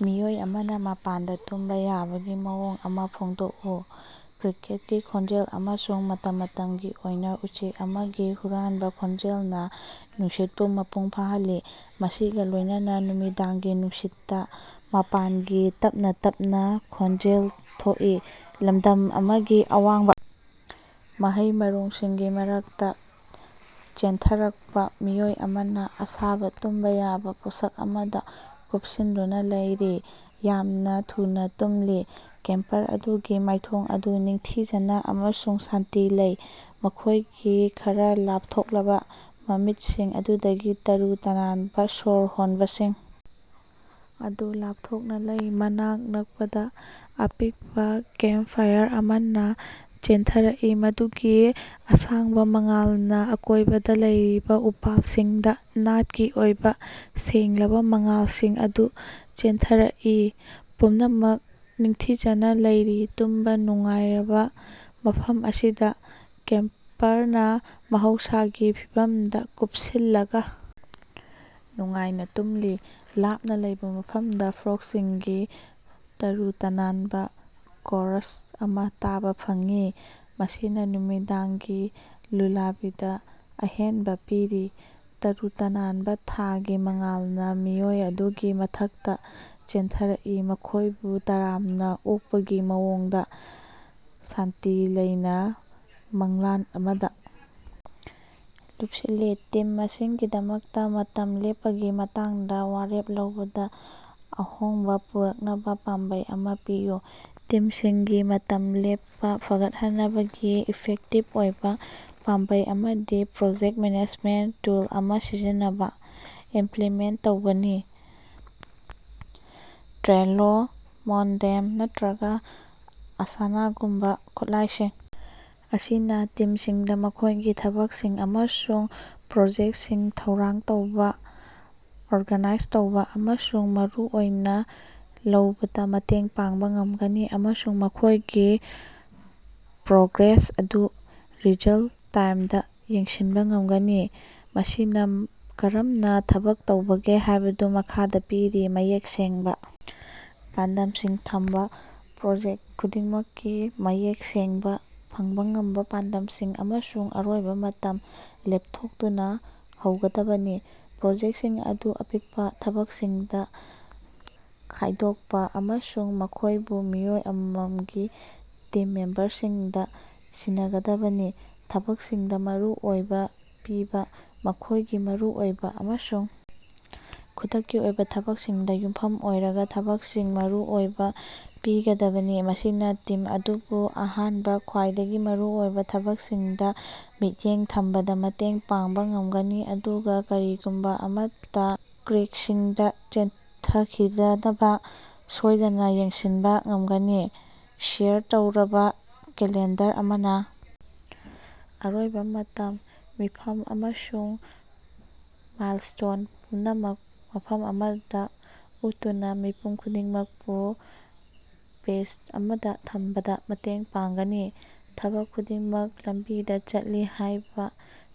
ꯃꯤꯑꯣꯏ ꯑꯃꯅꯥ ꯃꯄꯥꯟꯗꯥ ꯇꯨꯝꯕꯥ ꯌꯥꯕꯒꯤ ꯃꯑꯣꯡ ꯑꯃꯥ ꯐꯣꯡꯗꯣꯛꯎ꯫ ꯀ꯭ꯔꯤꯀꯦꯠꯀꯤ ꯈꯣꯟꯖꯦꯜ ꯑꯃꯁꯨꯡ ꯃꯇꯝ ꯃꯇꯝꯒꯤ ꯑꯣꯏꯅꯥ ꯎꯆꯦꯛ ꯑꯃꯒꯤ ꯍꯨꯔꯥꯟꯕꯥ ꯈꯣꯟꯖꯦꯜꯅꯥ ꯅꯨꯡꯁꯤꯠꯄꯨ ꯃꯄꯨꯡ ꯐꯥꯍꯜꯂꯤ, ꯃꯁꯤꯒꯥ ꯂꯣꯏꯅꯅꯥ ꯅꯨꯃꯤꯗꯥꯡꯒꯤ ꯅꯨꯡꯁꯤꯠꯇꯥ ꯃꯄꯥꯟꯒꯤ ꯇꯞꯅꯥ ꯇꯞꯅꯥ ꯈꯣꯟꯖꯦꯜ ꯊꯣꯛꯏ꯫ ꯂꯝꯗꯝ ꯑꯃꯒꯤ ꯑꯋꯥꯡꯕꯥ ꯃꯍꯩ ꯃꯔꯣꯡꯁꯤꯡꯒꯤ ꯃꯔꯛꯇꯥ ꯆꯦꯟꯊꯔꯛꯄꯥ ꯃꯤꯑꯣꯏ ꯑꯃꯅꯥ ꯑꯁꯥꯕꯥ ꯇꯨꯝꯕꯥ ꯌꯥꯕꯥ ꯄꯣꯠꯁꯛ ꯑꯃꯗꯥ ꯀꯨꯞꯁꯤꯟꯗꯨꯅꯥ ꯂꯩꯔꯤ, ꯌꯥꯝꯅꯥ ꯊꯨꯅꯥ ꯇꯨꯝꯂꯤ꯫ ꯀꯦꯝꯄꯔ ꯑꯗꯨꯒꯤ ꯃꯥꯏꯊꯣꯡ ꯑꯗꯨ ꯅꯤꯡꯊꯤꯖꯅꯥ ꯑꯃꯁꯨꯡ ꯁꯥꯟꯇꯤ ꯂꯩ, ꯃꯈꯣꯏꯒꯤ ꯈꯔꯥ ꯂꯥꯞꯊꯣꯛꯂꯕꯥ ꯃꯃꯤꯠꯁꯤꯡ ꯑꯗꯨꯗꯒꯤ ꯇꯔꯨ ꯇꯅꯥꯟꯕꯥ ꯁ꯭ꯋꯔ ꯍꯣꯟꯕꯁꯤꯡ ꯑꯗꯨ ꯂꯥꯞꯊꯣꯛꯅꯥ ꯂꯩ꯫ ꯃꯅꯥꯛ ꯅꯛꯄꯗꯥ ꯑꯄꯤꯛꯄꯥ ꯀꯦꯝꯄ ꯐꯥꯏꯔ ꯑꯃꯅꯥ ꯆꯦꯟꯊꯔꯛꯏ, ꯃꯗꯨꯒꯤ ꯑꯁꯥꯡꯕꯥ ꯃꯉꯥꯜꯅꯥ ꯑꯀꯣꯏꯕꯗꯥ ꯂꯩꯔꯤꯕꯥ ꯎꯄꯥꯜꯁꯤꯡꯗꯥ ꯅꯥꯠꯀꯤ ꯑꯣꯏꯕꯥ ꯁꯦꯡꯂꯕꯥ ꯃꯉꯥꯜꯁꯤꯡ ꯑꯗꯨ ꯆꯦꯟꯊꯔꯛꯏ꯫ ꯄꯨꯝꯅꯃꯛ ꯅꯤꯡꯊꯤꯖꯅꯥ ꯂꯩꯔꯤ ꯇꯨꯝꯕꯥ ꯅꯨꯡꯉꯥꯏꯔꯕꯥ ꯃꯐꯝ ꯑꯁꯤꯗꯥ, ꯀꯦꯝꯄꯔꯅꯥ ꯃꯍꯧꯁꯥꯒꯤ ꯐꯤꯚꯝꯗꯥ ꯀꯨꯞꯁꯤꯜꯂꯒꯥ ꯅꯨꯡꯉꯥꯏꯅ ꯇꯨꯝꯂꯤ꯫ ꯂꯥꯞꯅꯥ ꯂꯩꯕꯥ ꯃꯐꯝꯗꯥ ꯐ꯭ꯔꯣꯛꯁꯤꯡꯒꯤ ꯇꯔꯨ ꯇꯅꯥꯟꯕꯥ ꯀꯣꯔꯁ ꯑꯃꯥ ꯇꯥꯕꯥ ꯐꯪꯏ, ꯃꯁꯤꯅꯥ ꯅꯨꯃꯤꯗꯥꯡꯒꯤ ꯂꯨꯂꯥꯕꯤꯗꯥ ꯑꯍꯦꯟꯕꯥ ꯄꯤꯔꯤ꯫ ꯇꯔꯨ ꯇꯅꯥꯟꯕꯥ ꯊꯥꯒꯤ ꯃꯉꯥꯜꯅꯥ ꯃꯤꯑꯣꯏ ꯑꯗꯨꯒꯤ ꯃꯊꯛꯇꯥ ꯆꯦꯟꯊꯔꯛꯏ, ꯃꯈꯣꯏꯕꯨ ꯇꯔꯥꯝꯅꯥ ꯑꯣꯛꯄꯒꯤ ꯃꯑꯣꯡꯗꯥ ꯁꯥꯟꯇꯤ ꯂꯩꯅꯥ ꯃꯪꯂꯥꯟ ꯑꯃꯗꯥ ꯂꯨꯞꯁꯤꯜꯂꯤ꯫ ꯇꯤꯝ ꯃꯁꯤꯡꯒꯤꯗꯃꯛꯇꯥ ꯃꯇꯝ ꯂꯦꯞꯄꯒꯤ ꯃꯇꯥꯡꯗꯥ ꯋꯥꯔꯦꯞ ꯂꯧꯕꯗꯥ ꯑꯍꯣꯡꯕꯥ ꯄꯨꯔꯛꯅꯕꯥ ꯄꯥꯝꯕꯩ ꯑꯃꯥ ꯄꯤꯌꯨ꯫ ꯇꯤꯝꯁꯤꯡꯒꯤ ꯃꯇꯝ ꯂꯦꯞꯄꯥ ꯐꯒꯠꯍꯟꯅꯕꯒꯤ ꯏꯐꯦꯛꯇꯤꯞ ꯑꯣꯏꯕꯥ ꯄꯥꯝꯕꯩ ꯑꯃꯗꯤ ꯄ꯭ꯔꯣꯖꯦꯛ ꯃꯦꯅꯦꯖꯃꯦꯟ ꯇꯨꯜ ꯑꯃꯥ ꯁꯤꯖꯤꯟꯅꯕꯥ ꯏꯝꯄ꯭ꯂꯤꯃꯦꯟ ꯇꯧꯕꯅꯤ꯫ ꯇ꯭ꯔꯦꯂꯣ, ꯃꯣꯟꯗꯦꯝ ꯅꯠꯇ꯭ꯔꯒꯥ ꯑꯁꯥꯅꯥꯒꯨꯝꯕꯥ ꯈꯨꯠꯂꯥꯏꯁꯤꯡ ꯑꯁꯤꯅꯥ ꯇꯤꯝꯁꯤꯡꯗꯥ ꯃꯈꯣꯏꯒꯤ ꯊꯕꯛꯁꯤꯡ ꯑꯃꯁꯨꯡ ꯄ꯭ꯔꯣꯖꯦꯛꯁꯤꯡ ꯊꯧꯔꯥꯡ ꯇꯧꯕꯥ, ꯑꯣꯔꯒꯅꯥꯏꯖ ꯇꯧꯕꯥ ꯑꯃꯁꯨꯡ ꯃꯔꯨ ꯑꯣꯏꯅꯥ ꯂꯧꯕꯗꯥ ꯃꯇꯦꯡ ꯄꯥꯡꯕꯥ ꯉꯝꯒꯅꯤ ꯑꯃꯁꯨꯡ ꯃꯈꯣꯏꯒꯤ ꯄ꯭ꯔꯣꯒ꯭ꯔꯦꯁ ꯑꯗꯨ ꯔꯤꯖꯜ-ꯇꯥꯏꯝꯗꯥ ꯌꯦꯡꯁꯤꯟꯕꯥ ꯉꯝꯒꯅꯤ꯫ ꯃꯁꯤꯅꯥ ꯀꯔꯝꯅꯥ ꯊꯕꯛ ꯇꯧꯕꯒꯦ ꯍꯥꯏꯕꯗꯨ ꯃꯈꯥꯗꯥ ꯄꯤꯔꯤ, ꯃꯌꯦꯛ ꯁꯦꯡꯕꯥ ꯄꯥꯟꯗꯝꯁꯤꯡ ꯊꯝꯕꯥ: ꯄ꯭ꯔꯣꯖꯦꯛꯇ ꯈꯨꯗꯤꯡꯃꯛꯀꯤ ꯃꯌꯦꯛ ꯁꯦꯡꯕꯥ, ꯐꯪꯕꯥ ꯉꯝꯕꯥ ꯄꯥꯟꯗꯝꯁꯤꯡ ꯑꯃꯁꯨꯡ ꯑꯔꯣꯏꯕꯥ ꯃꯇꯝ ꯂꯦꯞꯊꯣꯛꯇꯨꯅꯥ ꯍꯧꯒꯗꯕꯅꯤ꯫ ꯄ꯭ꯔꯣꯖꯦꯛꯁꯤꯡ ꯑꯗꯨ ꯑꯄꯤꯛꯄꯥ ꯊꯕꯛꯁꯤꯡꯗꯥ ꯈꯥꯏꯗꯣꯛꯄꯥ ꯑꯃꯁꯨꯡ ꯃꯈꯣꯏꯕꯨ ꯃꯤꯑꯣꯏ ꯑꯃꯃꯝꯒꯤ ꯇꯤꯝ ꯃꯦꯝꯕꯔꯁꯤꯡꯗꯥ ꯁꯤꯟꯅꯒꯗꯕꯅꯤ꯫ ꯊꯕꯛꯁꯤꯡꯗꯥ ꯃꯔꯨ ꯑꯣꯏꯕꯥ ꯄꯤꯕꯥ: ꯃꯈꯣꯏꯒꯤ ꯃꯔꯨꯑꯣꯏꯕꯥ ꯑꯃꯁꯨꯡ ꯈꯨꯗꯛꯀꯤ ꯑꯣꯏꯕꯥ ꯊꯕꯛꯁꯤꯡꯗꯥ ꯌꯨꯝꯐꯝ ꯑꯣꯏꯔꯒꯥ ꯊꯕꯛꯁꯤꯡ ꯃꯔꯨ ꯑꯣꯏꯕꯥ ꯄꯤꯒꯗꯕꯅꯤ꯫ ꯃꯁꯤꯅꯥ ꯇꯤꯝ ꯑꯗꯨꯕꯨ ꯑꯍꯥꯟꯕ ꯈ꯭ꯋꯥꯏꯗꯒꯤ ꯃꯔꯨꯑꯣꯏꯕꯥ ꯊꯕꯛꯁꯤꯡꯗꯥ ꯃꯤꯠꯌꯦꯡ ꯊꯝꯕꯗꯥ ꯃꯇꯦꯡ ꯄꯥꯡꯕꯥ ꯉꯝꯒꯅꯤ, ꯑꯗꯨꯒꯥ ꯀꯔꯤꯒꯨꯝꯕꯥ ꯑꯃꯠꯇꯥ ꯀ꯭ꯔꯦꯛꯁꯤꯡꯗꯥ ꯆꯦꯟꯊꯈꯤꯗꯅꯕꯥ ꯁꯣꯏꯗꯅꯥ ꯌꯦꯡꯁꯤꯟꯕꯥ ꯉꯝꯒꯅꯤ꯫ ꯁꯦꯌꯥꯔ ꯇꯧꯔꯕꯥ ꯀꯦꯂꯦꯟꯗꯔ ꯑꯃꯅꯥ ꯑꯔꯣꯏꯕꯥ ꯃꯇꯝ, ꯃꯤꯐꯝ ꯑꯃꯁꯨꯡ ꯃꯥꯏꯜꯁ꯭ꯇꯣꯟ ꯄꯨꯝꯅꯃꯛ ꯃꯐꯝ ꯑꯃꯗꯥ ꯎꯠꯇꯨꯅꯥ ꯃꯤꯄꯨꯝ ꯈꯨꯗꯤꯡꯃꯛꯄꯨ ꯄꯦꯖ ꯑꯃꯗꯥ ꯊꯝꯕꯗꯥ ꯃꯇꯦꯡ ꯄꯥꯡꯒꯅꯤ꯫ ꯊꯕꯛ ꯈꯨꯗꯤꯡꯃꯛ ꯂꯝꯕꯤꯗꯥ ꯆꯠꯂꯤ ꯍꯥꯏꯕꯥ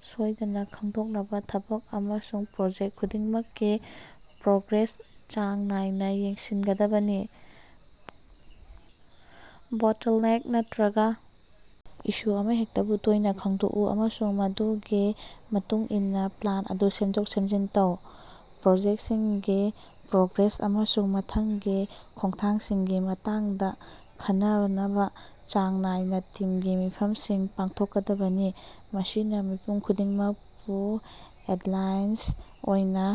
ꯁꯣꯏꯗꯅꯥ ꯈꯪꯗꯣꯛꯅꯕꯥ ꯊꯕꯛ ꯑꯃꯁꯨꯡ ꯄ꯭ꯔꯣꯖꯦꯛ ꯈꯨꯗꯤꯡꯃꯛꯀꯤ ꯄ꯭ꯔꯣꯒ꯭ꯔꯦꯁ ꯆꯥꯡ ꯅꯥꯏꯅꯥ ꯌꯦꯡꯁꯤꯟꯒꯗꯕꯅꯤ꯫ ꯕꯣꯇꯜꯅꯦꯛ ꯅꯠꯇ꯭ꯔꯒꯥ ꯏꯁꯨ ꯑꯃꯍꯦꯛꯇꯕꯨ ꯇꯣꯏꯅꯥ ꯈꯪꯗꯣꯛꯎ ꯑꯃꯁꯨꯡ ꯃꯗꯨꯒꯤ ꯃꯇꯨꯡꯏꯟꯅꯥ ꯄ꯭ꯂꯥꯟ ꯑꯗꯨ ꯁꯦꯝꯗꯣꯛ-ꯁꯦꯝꯖꯤꯟ ꯇꯧ꯫ ꯄ꯭ꯔꯣꯖꯦꯛꯁꯤꯡꯒꯤ ꯄ꯭ꯔꯣꯒ꯭ꯔꯦꯁ ꯑꯃꯁꯨꯡ ꯃꯊꯪꯒꯤ ꯈꯣꯡꯊꯥꯡꯁꯤꯡꯒꯤ ꯃꯇꯥꯡꯗꯥ ꯈꯟꯅꯅꯕꯥ ꯆꯥꯡ ꯅꯥꯏꯅꯥ ꯇꯤꯝꯒꯤ ꯃꯤꯐꯝꯁꯤꯡ ꯄꯥꯡꯊꯣꯛꯀꯗꯕꯅꯤ꯫ ꯃꯁꯤꯅꯥ ꯃꯤꯄꯨꯝ ꯈꯨꯗꯤꯡꯃꯛꯄꯨ ꯑꯦꯂꯥꯏꯟꯁ ꯑꯣꯏꯅꯥ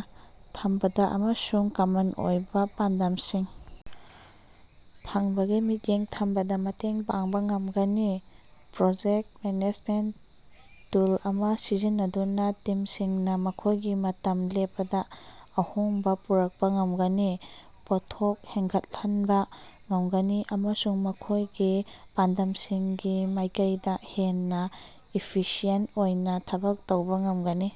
ꯊꯝꯕꯗꯥ ꯑꯃꯁꯨꯡ ꯀꯃꯟ ꯑꯣꯏꯕꯥ ꯄꯥꯟꯗꯝꯁꯤꯡ ꯐꯪꯕꯒꯤ ꯃꯤꯠꯌꯦꯡ ꯊꯝꯕꯗꯥ ꯃꯇꯦꯡ ꯄꯥꯡꯕꯥ ꯉꯝꯒꯅꯤ꯫ ꯄ꯭ꯔꯣꯖꯦꯛꯇ ꯃꯦꯅꯦꯖꯃꯦꯟꯇ ꯇꯨꯜ ꯑꯃꯥ ꯁꯤꯖꯤꯟꯅꯗꯨꯅꯥ ꯇꯤꯝꯁꯤꯡꯅꯥ ꯃꯈꯣꯏꯒꯤ ꯃꯇꯝ ꯂꯦꯞꯄꯗꯥ ꯑꯍꯣꯡꯕꯥ ꯄꯨꯔꯛꯄꯥ ꯉꯝꯒꯅꯤ, ꯄꯣꯠꯊꯣꯛ ꯍꯦꯟꯒꯠꯍꯟꯕꯥ ꯉꯝꯒꯅꯤ ꯑꯃꯁꯨꯡ ꯃꯈꯣꯏꯒꯤ ꯄꯥꯟꯗꯝꯁꯤꯡꯒꯤ ꯃꯥꯏꯀꯩꯗꯥ ꯍꯦꯟꯅꯥ ꯏꯐꯤꯁꯤꯌꯦꯟ ꯑꯣꯏꯅꯥ ꯊꯕꯛ ꯇꯧꯕꯥ ꯉꯝꯒꯅꯤ꯫